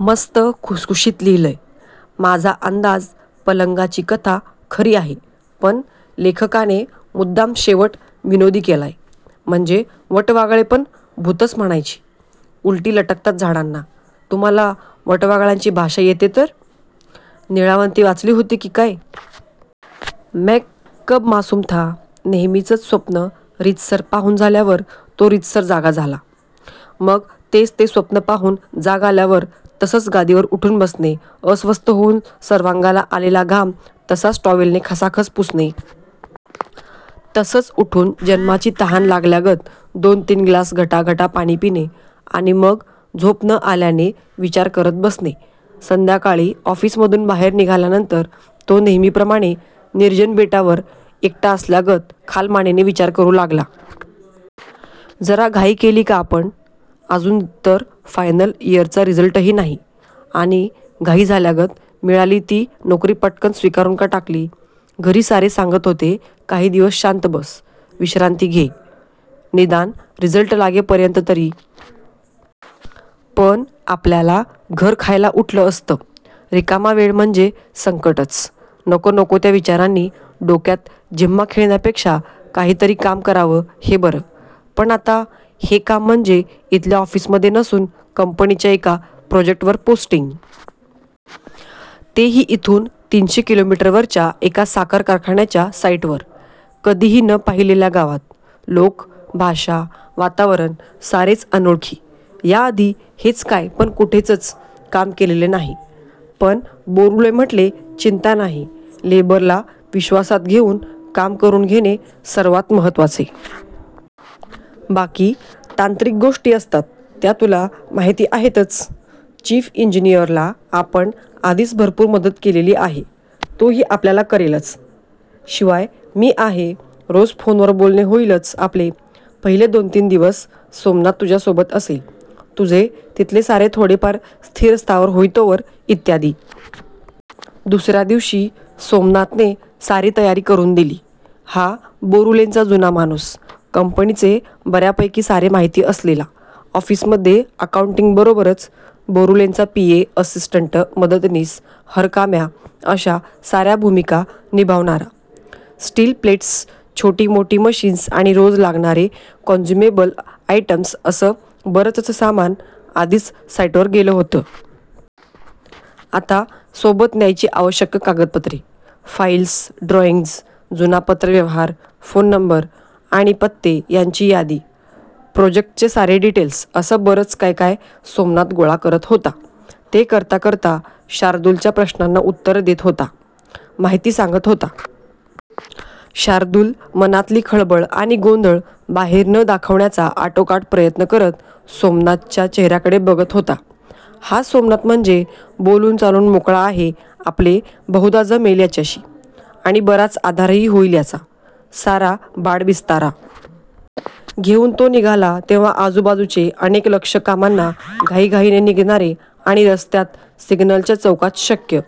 मस्त खुसखुशीत लिहिलंय. माझा अंदाज पलंगाची कथा खरी आहे, पण लेखकाने मुद्दाम शेवट विनोदी केलाय, म्हणजे वटवाघळे पण भुतंच म्हणायची. उलटी लटकतात झाडांना. तुम्हाला वटवाघळांची भाषा येते तर? निळावंती वाचली होती की काय? मैं कब मासूम था? नेहमीचंच स्वप्न रीतसर पाहून झाल्यावर तो रीतसर जागा झाला. मग तेच ते स्वप्न पाहून जाग आल्यावर तसंच गादीवर उठून बसणे. अस्वस्थ होऊन सर्वांगाला आलेला घाम तसाच टॉवेलने खसाखसा पुसणे. तसंच उठून जन्माची तहान लागल्यागत दोन तीन ग्लास घटाघटा पाणी पिणे. आणि मग झोप न आल्याने विचार करत बसणे. संध्याकाळी ऑफिसमधून बाहेर निघाल्यानंतर तो नेहमीप्रमाणे निर्जन बेटावर एकटा असल्यागत खालमानेने विचार करू लागला. जरा घाई केली का आपण? अजून तर फायनल इयरचा रिझल्टही नाही. आणि घाई झाल्यागत मिळाली ती नोकरी पटकन स्वीकारून का टाकली? घरी सारे सांगत होते. काही दिवस शांत बस. विश्रांती घे. निदान रिझल्ट लागेपर्यंत तरी. पण आपल्याला घर खायला उठलं असतं. रिकामा वेळ म्हणजे संकटच. नको नको त्या विचारांनी डोक्यात झिम्मा खेळण्यापेक्षा काहीतरी काम करावं, हे बरं. पण आता हे काम म्हणजे इथल्या ऑफिसमध्ये नसून कंपनीच्या एका प्रोजेक्टवर पोस्टिंग. तेही इथून तीनशे किलोमीटरवरच्या एका साखर कारखान्यावरच्या साईटवर. कधीही न पाहिलेल्या गावात. लोक, भाषा, वातावरण, सारेच अनोळखी. याआधी हेच काय, पण कुठचेच काम केलेले नाही. पण बोरूले म्हटले, चिंता नाही. लेबरला विश्वासात घेऊन काम करून घेणे सर्वात महत्त्वाचे. बाकी तांत्रिक गोष्टी असतात, त्या तुला माहिती आहेतच. चीफ इंजिनियरला आपण आधीच भरपूर मदत केलेली आहे. तोही आपल्याला करेलच. शिवाय मी आहे. रोज फोनवर बोलणे होईलच आपले. पहिले दोन तीन दिवस सोमनाथ तुझ्यासोबत असेल, तुझे तिथले सारे थोडेफार स्थिरस्थावर होईतोवर, इत्यादी. दुसऱ्या दिवशी सोमनाथने सारी तयारी करून दिली. हा बोरूलेंचा जुना माणूस. कंपनीचे बऱ्यापैकी सारे माहिती असलेला. ऑफिसमध्ये अकाऊंटिंगबरोबरच बोरूलेंचा पीए, असिस्टंट, मदतनीस, हरकाम्या, अशा साऱ्या भूमिका निभावणारा. स्टील प्लेट्स, छोटी मोठी मशिन्स आणि रोज लागणारे काँन्झ्युमेबल आयटेम्स, असं बरंचसं सामान आधीच साईटवर गेलं होतं. आता सोबत न्यायची आवश्यक कागदपत्रे, फाईल्स, ड्रॉईंग्ज, जुना पत्रव्यवहार, फोन नं. आणि पत्ते यांची यादी, प्रोजेक्टचे सारे डिटेल्स, असं बरंच काय काय सोमनाथ गोळा करत होता. ते करता करता शार्दूलच्या प्रश्नांना उत्तरे देत होता, माहिती सांगत होता. शार्दूल मनातली खळबळ आणि गोंधळ बाहेर न दाखवण्याचा आटोकाट प्रयत्न करत सोमनाथच्या चेहऱ्याकडे बघत होता. हा सोमनाथ म्हणजे बोलून चालून मोकळा आहे. आपले बहुधा जमेल याच्याशी. आणि बराच आधारही होईल याचा. सारा बाडबिस्तरा घेऊन तो निघाला, तेव्हा आजूबाजूचे अनेक लक्ष कामांना घाईघाईने निघणारे आणि रस्त्यांत, सिग्नलच्या चौकांत शक्य